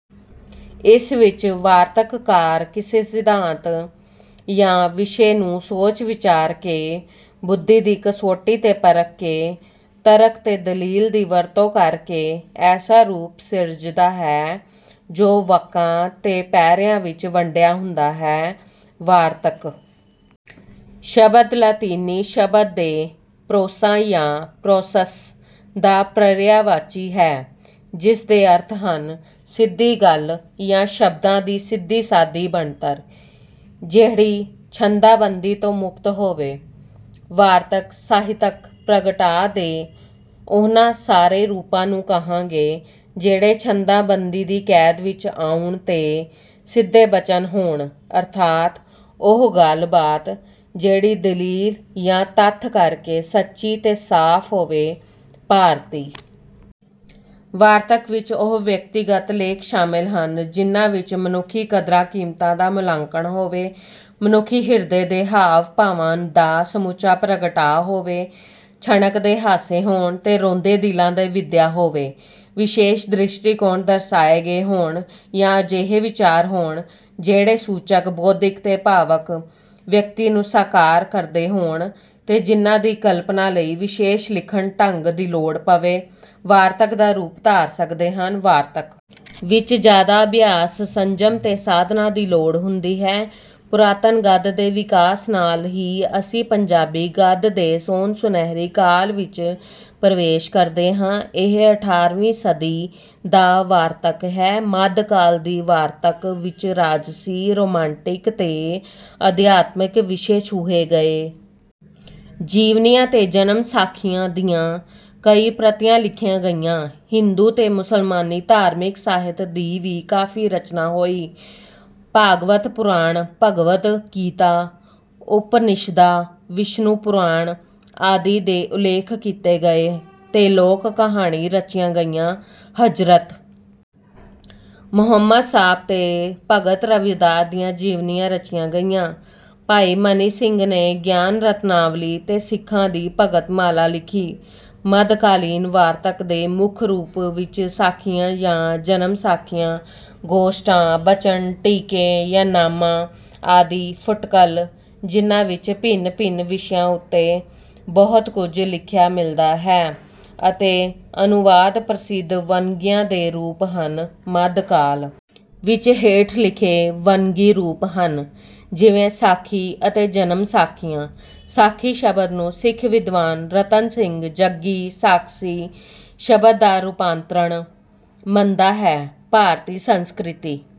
ਇਸ ਵਿੱਚ ਵਾਰਤਕਕਾਰ ਕਿਸੇ ਸਿੱਧਾਂਤ ਯਾ ਵਿਸ਼ੇ ਨੂੰ ਸੋਚ-ਵਿਚਾਰ ਕੇ, ਬੁੱਧੀ ਦੀ ਕਸੌਟੀ ਤੇ ਪਰਖ ਕੇ, ਤਰਕ ਤੇ ਦਲੀਲ ਦੀ ਵਰਤੋਂ ਕਰ ਕੇ ਐਸਾ ਰੂਪ ਸਿਰਜਦਾ ਹੈ, ਜੋ ਵਾਕਾਂ ਤੇ ਪੈਰਿਆਂ ਵਿੱਚ ਵੰਡਿਆ ਹੁੰਦਾ ਹੈ। ਵਾਰਤਕ ਸ਼ਬਦ ਲਾਤੀਨੀ ਸ਼ਬਦ ਦੇ ਪ੍ਰੋਸਾ ਯਾ ਪ੍ਰੋਸਸ ਦਾ ਪਰਿਆਵਾਚੀ ਹੈ, ਜਿਸ ਦੇ ਅਰਥ ਹਨ। ਸਿੱਧੀ ਗੱਲ ਜਾਂ ਸ਼ਬਦਾਂ ਦੀ ਸਿੱਧੀ-ਸਾਦੀ ਬਣਤਰ ਜਿਹੜੀ ਛੰਦਾਬੰਦੀ ਤੋਂ ਮੁਕਤ ਹੋਵੇ।‌ਵਾਰਤਕ ਸਾਹਿਤਕ ਪ੍ਰਗਟਾਅ ਦੇ ਉਹਨਾਂ ਸਾਰੇ ਰੂਪਾਂ ਨੂੰ ਕਹਾਂਗੇ ਜਿਹੜੇ ਛੰਦਾਬੰਦੀ ਦੀ ਕੈਦ ਵਿੱਚ ਨਾ ਆਉਣ ਤੇ ਸਿੱਧੇ ਬਚਨ ਹੋਣ ਅਰਥਾਤ ਉਹ ਗੱਲਬਾਤ ਜਿਹੜੀ ਦਲੀਲ ਯਾ ਤੱਥ ਕਰਕੇ ਸੱਚੀ ਤੇ ਸਾਫ਼ ਹੋਵੇ। ਭਾਰਤੀ ਵਾਰਤਕ ਵਿੱਚ ਉਹ ਵਿਅਕਤੀਗਤ ਲੇਖ ਸ਼ਾਮਲ ਹਨ, ਜਿਨ੍ਹਾਂ ਵਿੱਚ ਮਨੁੱਖੀ ਕਦਰਾਂ-ਕੀਮਤਾਂ ਦਾ ਮੁਲਾਂਕਣ ਹੋਵੇ, ਮਨੁੱਖੀ ਹਿਰਦੇ ਦੇ ਹਾਵ-ਭਾਵਾਂ ਦਾ ਸਮੁੱਚਾ ਪ੍ਰਗਟਾਅ ਹੋਵੇ, ਛਣਕਦੇ ਹਾਸੇ ਹੋਣ ਤੇ ਰੋਂਦੇ ਦਿਲਾਂ ਦੀ ਵਿਧਿਆ ਹੋਵੇ, ਵਿਸ਼ੇਸ਼ ਦ੍ਰਿਸ਼ਟੀਕੋਣ ਦਰਸਾਏ ਗਏ ਹੋਣ ਯਾ ਅਜਿਹੇ ਵਿਚਾਰ ਹੋਣ, ਜਿਹੜੇ ਸੂਚਕ, ਬੌਧਿਕ ਤੇ ਭਾਵਕ ਵਿਅਕਤੀ ਨੂੰ ਸਾਕਾਰ ਕਰਦੇ ਹੋਣ ਤੇ ਜਿਨ੍ਹਾਂ ਦੀ ਕਲਪਨਾ ਲਈ ਵਿਸ਼ੇਸ਼ ਲਿਖਣ-ਢੰਗ ਦੀ ਲੋੜ ਪਵੇ, ਵਾਰਤਕ ਦਾ ਰੂਪ ਧਾਰ ਸਕਦੇ ਹਨ। ਵਾਰਤਕ ਵਿੱਚ ਜ਼ਿਆਦਾ ਅਭਿਆਸ, ਸੰਜਮ ਤੇ ਸਾਧਨਾ ਦੀ ਲੋੜ ਹੁੰਦੀ ਹੈ। ਪੁਰਾਤਨ ਗੱਦ ਦੇ ਵਿਕਾਸ ਨਾਲ ਹੀ ਅਸੀਂ ਪੰਜਾਬੀ ਗੱਦ ਦੇ ਸੋਨ-ਸੁਨਹਿਰੀ ਕਾਲ ਵਿੱਚ ਪ੍ਰਵੇਸ਼ ਕਰਦੇ ਹਾਂ। ਇਹ ਅਠਾਰ੍ਹਵੀਂ ਸਦੀ ਦਾ ਵਾਰਤਕ ਹੈ। ਮੱਧਕਾਲ ਦੀ ਵਾਰਤਕ ਵਿੱਚ ਰਾਜਸੀ, ਰੋਮਾਂਟਿਕ ਤੇ ਅਧਿਆਤਮਿਕ ਵਿਸ਼ੇ ਛੁਹੇ ਗਏ। ਜੀਵਨੀਆਂ ਤੇ ਜਨਮਸਾਖੀਆਂ ਦੀਆਂ ਕਈ ਪ੍ਰਤੀਆਂ ਲਿਖੀਆਂ ਗਈਆਂ। ਹਿੰਦੂ ਤੇ ਮੁਸਲਮਾਨੀ ਧਾਰਮਿਕ ਸਾਹਿਤ ਦੀ ਵੀ ਕਾਫ਼ੀ ਰਚਨਾ ਹੋਈ। ਭਾਗਵਤ ਪੁਰਾਣ, ਭਗਵਦ ਗੀਤਾ, ਉਪਨਿਸ਼ਦਾਂ, ਵਿਸ਼ਨੂੰ ਪੁਰਾਣ ਆਦਿ ਦੇ ਉੱਲੇਖ ਕੀਤੇ ਗਏ ਤੇ ਲੋਕ-ਕਹਾਣੀਆਂ ਰਚੀਆਂ ਗਈਆਂ। ਹਜ਼ਰਤ ਮੁਹੰਮਦ ਸਾਹਿਬ ਤੇ ਭਗਤ ਰਵਿਦਾਸ ਦੀਆਂ ਜੀਵਨੀਆਂ ਰਚੀਆਂ ਗਈਆਂ। ਭਾਈ ਮਨੀ ਸਿੰਘ ਨੇ ਗਿਆਨ ਰਤਨਾਵਲੀ ਤੇ ਸਿੱਖਾਂ ਦੀ ਭਗਤਮਾਲਾ ਲਿਖੀ। ਮੱਧਕਾਲੀਨ ਵਾਰਤਕ ਦੇ ਮੁੱਖ ਰੂਪ ਵਿੱਚ ਸਾਖੀਆਂ ਜਾਂ ਜਨਮ-ਸਾਖੀਆਂ, ਗੋਸ਼ਟਾਂ, ਬਚਨ, ਟੀਕੇ ਯਾ ਨਾਮਾ ਆਦਿ, ਫੁਟਕਲ, ਜਿਨ੍ਹਾਂ ਵਿੱਚ ਭਿੰਨ-ਭਿੰਨ ਵਿਸ਼ਿਆਂ ਉੱਤੇ ਬਹੁਤ ਕੁਝ ਲਿਖਿਆ ਮਿਲਦਾ ਹੈ, ਅਤੇ ਅਨੁਵਾਦ ਪ੍ਰਸਿੱਧ ਵੰਨਗੀਆਂ ਤੇ ਰੂਪ ਹਨ। ਮੱਧਕਾਲ ਵਿੱਚ ਹੇਠ ਲਿਖੇ ਵੰਨਗੀ ਰੂਪ ਹਨ, ਜਿਵੇਂ—ਸਾਖੀ ਅਤੇ ਜਨਮਸਾਖੀਆਂ: ਸਾਖੀ ਸ਼ਬਦ ਨੂੰ ਸਿੱਖ ਵਿਦਵਾਨ ਰਤਨ ਸਿੰਘ ਜੱਗੀ ‘ਸਾਕਸੀ’ ਸ਼ਬਦ ਦਾ ਰੂਪਾਂਤਰਣ ਮੰਨਦਾ ਹੈ। ਭਾਰਤੀ ਸੰਸਕ੍ਰਿਤੀ...